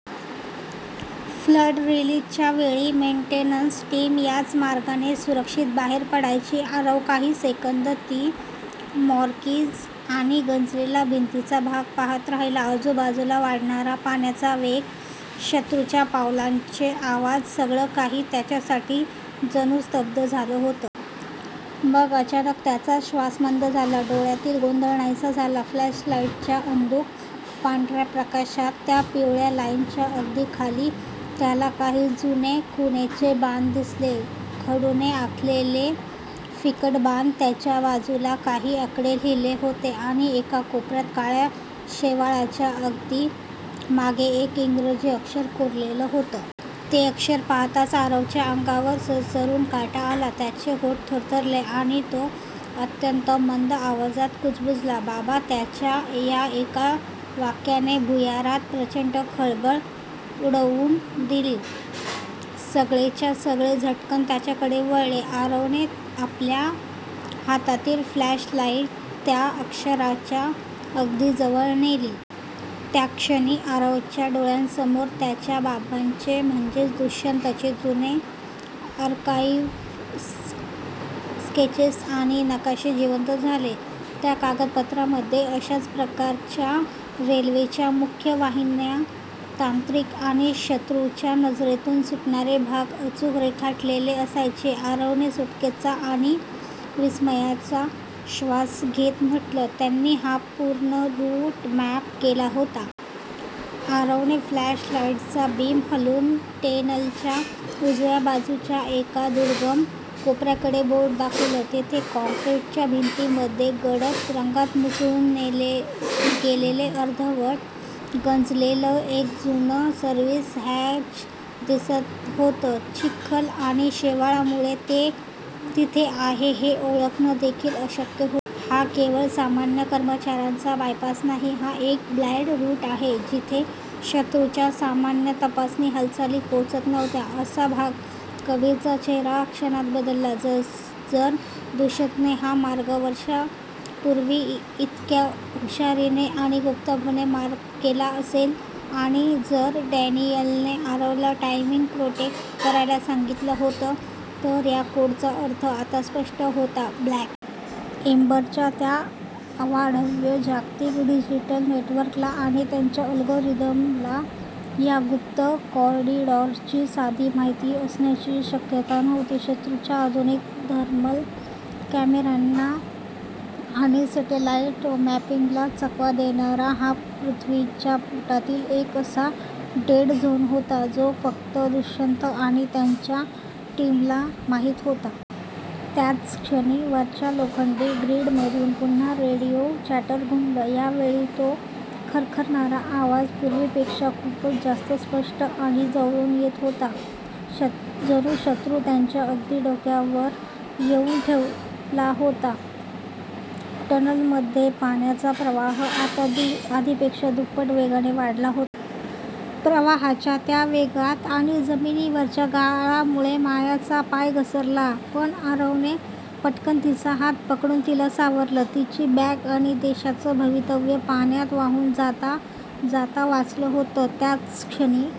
Flood रिलिजच्या वेळी maintenance team याच मार्गाने सुरक्षित बाहेर पडायची. आरव काही सेकंद ती मार्किंज आणि गंजलेला भिंतीचा भाग पाहत राहिला. आजूबाजूला वाढणारा पाण्याचा वेग, शत्रूच्या पावलांचे आवाज सगळं काही त्याच्यासाठी जणू स्तब्ध झालं होतं. मग अचानक त्याचा श्वास मंद झाला, डोळ्यांतील गोंधळ नाहीसा झाला. फ्लॅशलाईटच्या अंधुक पांढऱ्या प्रकाशात, त्या पिवळ्या लाईनच्या अगदी खाली, त्याला काही जुने खुणेचे बाण दिसले. खडूने आखलेले फिकट बाण. त्याच्या बाजूला काही आकडे लिहिले होते आणि एका कोपऱ्यात, काळ्या शेवाळाच्या अगदी मागे एक इंग्रजी अक्षर कोरलेलं होतं. ते अक्षर पाहताच आरवच्या अंगावर सरसरून काटा आला. त्याचे ओठ थरथरले आणि तो अत्यंत मंद आवाजात कुजबुजला, "बाबा" त्याच्या या एका वाक्याने भुयारात प्रचंड खळबळ उडवून दिली. सगळेच्या सगळे झटकन त्याच्याकडे वळले. आरवने आपल्या हातातील फ्लॅशलाईट त्या अक्षराच्या अगदी जवळ नेली. त्याक्षणी आरवच्या डोळ्यांसमोर त्याच्या बाबांचे म्हणजेच दुष्यंतचे जुने आर्काइव्ह स्केचेस आणि नकाशे जिवंत झाले. त्या कागदपत्रांमध्ये अशाच प्रकारच्या रेल्वेच्या मुख्य वाहिन्या, तांत्रिक आणि शत्रूच्या नजरेतून सुटणारे भाग अचूक रेखाटलेले असायचे. आरवने सुटकेचा आणि विस्मयाचा श्वास घेत म्हटलं, "त्यांनी हा पूर्ण रूट मॅप केला होता. " आरवने फ्लॅशलाईटचा बीम हलवून टेनेलच्या उजव्या बाजूच्या एका दुर्गम कोपऱ्याकडे बोट दाखवलं. तिथे काँक्रीटच्या भिंतीमध्ये गडद रंगात मिसळून गेलेलं, अर्धवट गंजलेलं एक जुनं सर्व्हिस हॅच दिसत होतं. चिखल आणि शेवाळामुळे ते तिथे आहे हे ओळखणं देखील अशक्य होतं. "हा केवळ सामान्य कर्मचाऱ्यांचा बायपास नाही, हा एक ब्लाईंड रूट आहे. जिथे शत्रूच्या सामान्य तपासणी हालचाली पोहोचतच नव्हत्या, असा भाग! " कबीरचा चेहरा क्षणात बदलला. जर दुष्यंतने हा मार्ग वर्षांपूर्वी इतक्या हुशारीने आणि गुप्तपणे मार्क केला असेल आणि जर डॅनियलने आरवला 'टायमिंग प्रोटेक्ट' करायला सांगितलं होतं, तर या कोडचा अर्थ आता स्पष्ट होता.'ब्लॅक एम्बर'च्या त्या अवाढव्य जागतिक डिजिटल नेटवर्कला आणि त्यांच्या अल्गोरिदमला या गुप्त कॉरिडॉरची साधी माहिती असण्याचीही शक्यता नव्हती. शत्रूच्या आधुनिक थर्मल कॅमेऱ्यांना आणि सॅटेलाईट मॅपिंगला चकवा देणारा हा पृथ्वीच्या पोटातील एक असा 'डेड झोन' होता, जो फक्त दुष्यंत आणि आता त्यांच्या टीमला माहीत होता. त्याच क्षणी वरच्या लोखंडी ग्रीडमधून पुन्हा रेडिओ चॅटर घुमलं. यावेळी तो खरखरणारा आवाज पूर्वीपेक्षा खूपच जास्त स्पष्ट आणि जवळून येत होता, जणू शत्रू त्यांच्या अगदी डोक्यावर येऊन ठेपला होता. टनलमध्ये पाण्याचा प्रवाह आता आधीपेक्षा दुप्पट वेगाने वाढला होता. प्रवाहाच्या त्या वेगात आणि जमिनीवरच्या गाळामुळे मायाचा पाय घसरला, पण आरवने पटकन तिचा हात पकडून तिला सावरलं. तिची बॅग आणि देशाचं भवितव्य पाण्यात वाहून जाता जाता वाचलं होतं. त्याच क्षणी